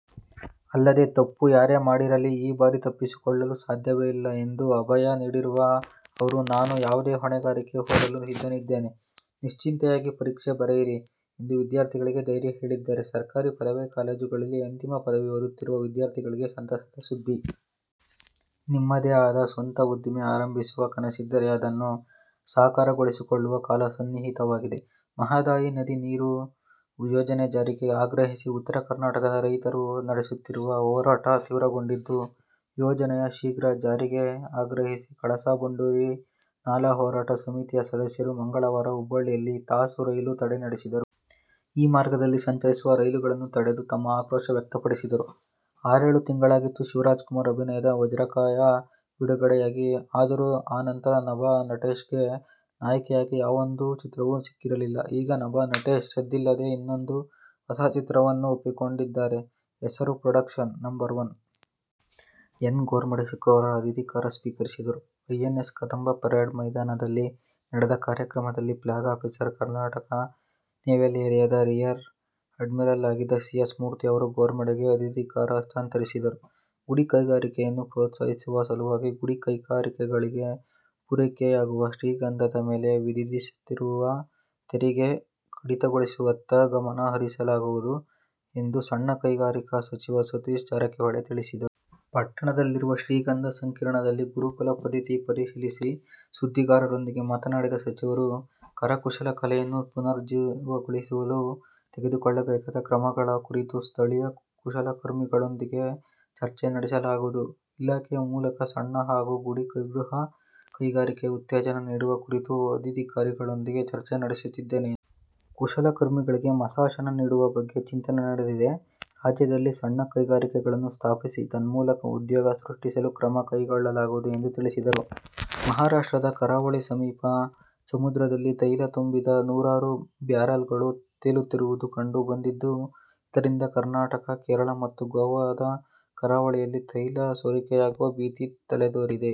ಅಲ್ಲದೆ, ತಪ್ಪು ಯಾರೇ ಮಾಡಿರಲಿ ಈ ಬಾರಿ ತಪ್ಪಿಸಿಕೊಳ್ಳಲು ಸಾಧ್ಯವೇ ಇಲ್ಲ ಎಂದು ಅಭಯ ನೀಡಿರುವ ಅವರು, ನಾನು ಯಾವುದೇ ಹೊಣೆಗಾರಿಕೆ ಹೊರಲೂ ಸಿದ್ಧನಿದ್ದೇನೆ. ನಿಶ್ಚಿಂತೆಯಾಗಿ ಪರೀಕ್ಷೆ ಬರೆಯಿರಿ ಎಂದು ವಿದ್ಯಾರ್ಥಿಗಳಿಗೆ ಧೈರ್ಯ ಹೇಳಿದ್ದಾರೆ. ಸರ್ಕಾರಿ ಪದವಿ ಕಾಲೇಜುಗಳಲ್ಲಿ ಅಂತಿಮ ಪದವಿ ಓದುತ್ತಿರುವ ವಿದ್ಯಾರ್ಥಿಗಳಿಗೆ ಸಂತಸದ ಸುದ್ದಿ. ನಿಮ್ಮದೇ ಆದ ಸ್ವಂತ ಉದ್ದಿಮೆ ಆರಂಭಿಸುವ ಕನಸಿದ್ದರೆ ಅದನ್ನು ಸಾಕಾರಗೊಳಿಸಿಕೊಳ್ಳುವ ಕಾಲ ಸನ್ನಿಹಿತವಾಗಿದೆ. ಮಹದಾಯಿ ನದಿ ನೀರು ಯೋಜನೆ ಜಾರಿಗೆ ಆಗ್ರಹಿಸಿ ಉತ್ತರ ಕರ್ನಾಟಕದ ರೈತರು ನಡೆಸುತ್ತಿರುವ ಹೋರಾಟ ತೀವ್ರಗೊಂಡಿದ್ದು, ಯೋಜನೆಯ ಶೀಘ್ರ ಜಾರಿಗೆ ಆಗ್ರಹಿಸಿ ಕಳಸಾ-ಬಂಡೂರಿ ನಾಲಾ ಹೋರಾಟ ಸಮಿತಿಯ ಸದಸ್ಯರು ಮಂಗಳವಾರ ಹುಬ್ಬಳ್ಳಿಯಲ್ಲಿ ತಾಸು ರೈಲು ತಡೆ ನಡೆಸಿದರು. ಈ ಮಾರ್ಗದಲ್ಲಿ ಸಂಚರಿಸುವ ರೈಲುಗಳನ್ನು ತಡೆದು ತಮ್ಮ ಆಕ್ರೋಶ ವ್ಯಕ್ತಪಡಿಸಿದರು. ಆರೇಳು ತಿಂಗಳಾಗಿತ್ತು ಶಿವರಾಜಕುಮಾರ್ ಅಭಿನಯದ "ವಜ್ರಕಾಯ' ಬಿಡುಗಡೆಯಾಗಿ. ಆದರೂ ಆ ನಂತರ ನಭಾ ನಟೇಶ್ಗೆ ನಾಯಕಿಯಾಗಿ ಯಾವೊಂದು ಚಿತ್ರವೂ ಸಿಕ್ಕಿರಲಿಲ್ಲ. ಈಗ ನಭಾ ನಟೇಶ್ ಸದ್ದಿಲ್ಲದೆ ಇನ್ನೊಂದು ಹೊಸ ಚಿತ್ರವನ್ನು ಒಪ್ಪಿಕೊಂಡಿದ್ದಾರೆ. ಹೆಸರು "production number one'. N. Gormade ಶುಕ್ರವಾರ ಅಧಿಧಿಕಾರ ಸ್ವೀಕರಿಸಿದರು. ಐಎನ್ಎಸ್ ಕದಂಬ ಪರೇಡ್ ಮೈದಾನದಲ್ಲಿ ನಡೆದ ಕಾರ್ಯಕ್ರಮದಲ್ಲಿ ಫ್ಲಾಗ್ ಆಫೀಸರ್, ಕರ್ನಾಟಕ ನೇವಲ್ ಏರಿಯಾದ ರಿಯರ್ ಅಡ್ಮಿರಲ್ ಆಗಿದ್ದ ಸಿ. ಎಸ್. ಮೂರ್ತಿ ಅವರು ಗೋರ್ಮಡೆಗೆ ಅಧಿಧಿಕಾರ ಹಸ್ತಾಂತರಿಸಿದರು. ಗುಡಿಕೈಗಾರಿಕೆಯನ್ನು ಪ್ರೋತ್ಸಾಹಿಸುವ ಸಲುವಾಗಿ ಗುಡಿಕೈಗಾರಿಕೆಗಳಿಗೆ ಪೂರೈಕೆಯಾಗುವ ಶ್ರೀಗಂಧದ ಮೇಲೆ ವಿಧಿಧಿಸುತ್ತಿರುವ ತೆರಿಗೆ ಕಡಿತಗೊಳಿಸುವತ್ತ ಗಮನ ಹರಿಸಲಾಗುವುದು ಎಂದು ಸಣ್ಣ ಕೈಗಾರಿಕಾ ಸಚಿವ ಸತೀಶ್ ಜಾರಕಿಹೊಳಿ ತಿಳಿಸಿದರು. ಪಟ್ಟಣದಲ್ಲಿರುವ ಶ್ರೀಗಂಧ ಸಂಕೀರ್ಣದಲ್ಲಿ ಗುರುಕುಲ ಪದ್ಧತಿ ಪರಿಶೀಲಿಸಿ ಸುದ್ದಿಗಾರರೊಂದಿಗೆ ಮಾತನಾಡಿದ ಸಚಿವರು, ಕರಕುಶಲ ಕಲೆಯನ್ನು ಪುನರುಜ್ಜೀವಗೊಳಿಸಲು ತೆಗೆದುಕೊಳ್ಳಬೇಕಾದ ಕ್ರಮಗಳ ಕುರಿತು ಸ್ಥಳೀಯ ಕುಶಲಕರ್ಮಿಗಳೊಂದಿಗೆ ಚರ್ಚೆ ನಡೆಸಲಾಗುವುದು. ಇಲಾಖೆಯ ಮೂಲಕ ಸಣ್ಣ ಹಾಗೂ ಗುಡಿ, ಗೃಹ ಕೈಗಾರಿಕೆ ಉತ್ತೇಜನ ನೀಡುವ ಕುರಿತು ಅಧಿಧಿಕಾರಿಗಳೊಂದಿಗೆ ಚರ್ಚೆ ನಡೆಸುತ್ತಿದ್ದೇನೆ ಎಂದರು. ಕುಶಲಕರ್ಮಿಗಳಿಗೆ ಮಾಸಾಶನ ನೀಡುವ ಬಗ್ಗೆ ಚಿಂತನೆ ನಡೆದಿದೆ. ರಾಜ್ಯದಲ್ಲಿ ಸಣ್ಣ ಕೈಗಾರಿಕೆಗಳನ್ನು ಸ್ಥಾಪಿಸಿ, ತನ್ಮೂಲಕ ಉದ್ಯೋಗ ಸೃಷ್ಟಿಸಲು ಕ್ರಮ ಕೈಗೊಳ್ಳಲಾಗುವುದು ಎಂದು ತಿಳಿಸಿದರು. ಮಹಾರಾಷ್ಟ್ರದ ಕರಾವಳಿ ಸಮೀಪ ಸಮುದ್ರದಲ್ಲಿ ತೈಲ ತುಂಬಿದ ನೂರಾರು ಬ್ಯಾರಲ್ಗಳು ತೇಲುತ್ತಿರುವುದು ಕಂಡು ಬಂದಿದ್ದು, ಇದರಿಂದ ಕರ್ನಾಟಕ, ಕೇರಳ ಮತ್ತು ಗೋವಾದ ಕರಾವಳಿಯಲ್ಲಿ ತೈಲ ಸೋರಿಕೆಯಾಗುವ ಭೀತಿ ತಲೆದೋರಿದೆ.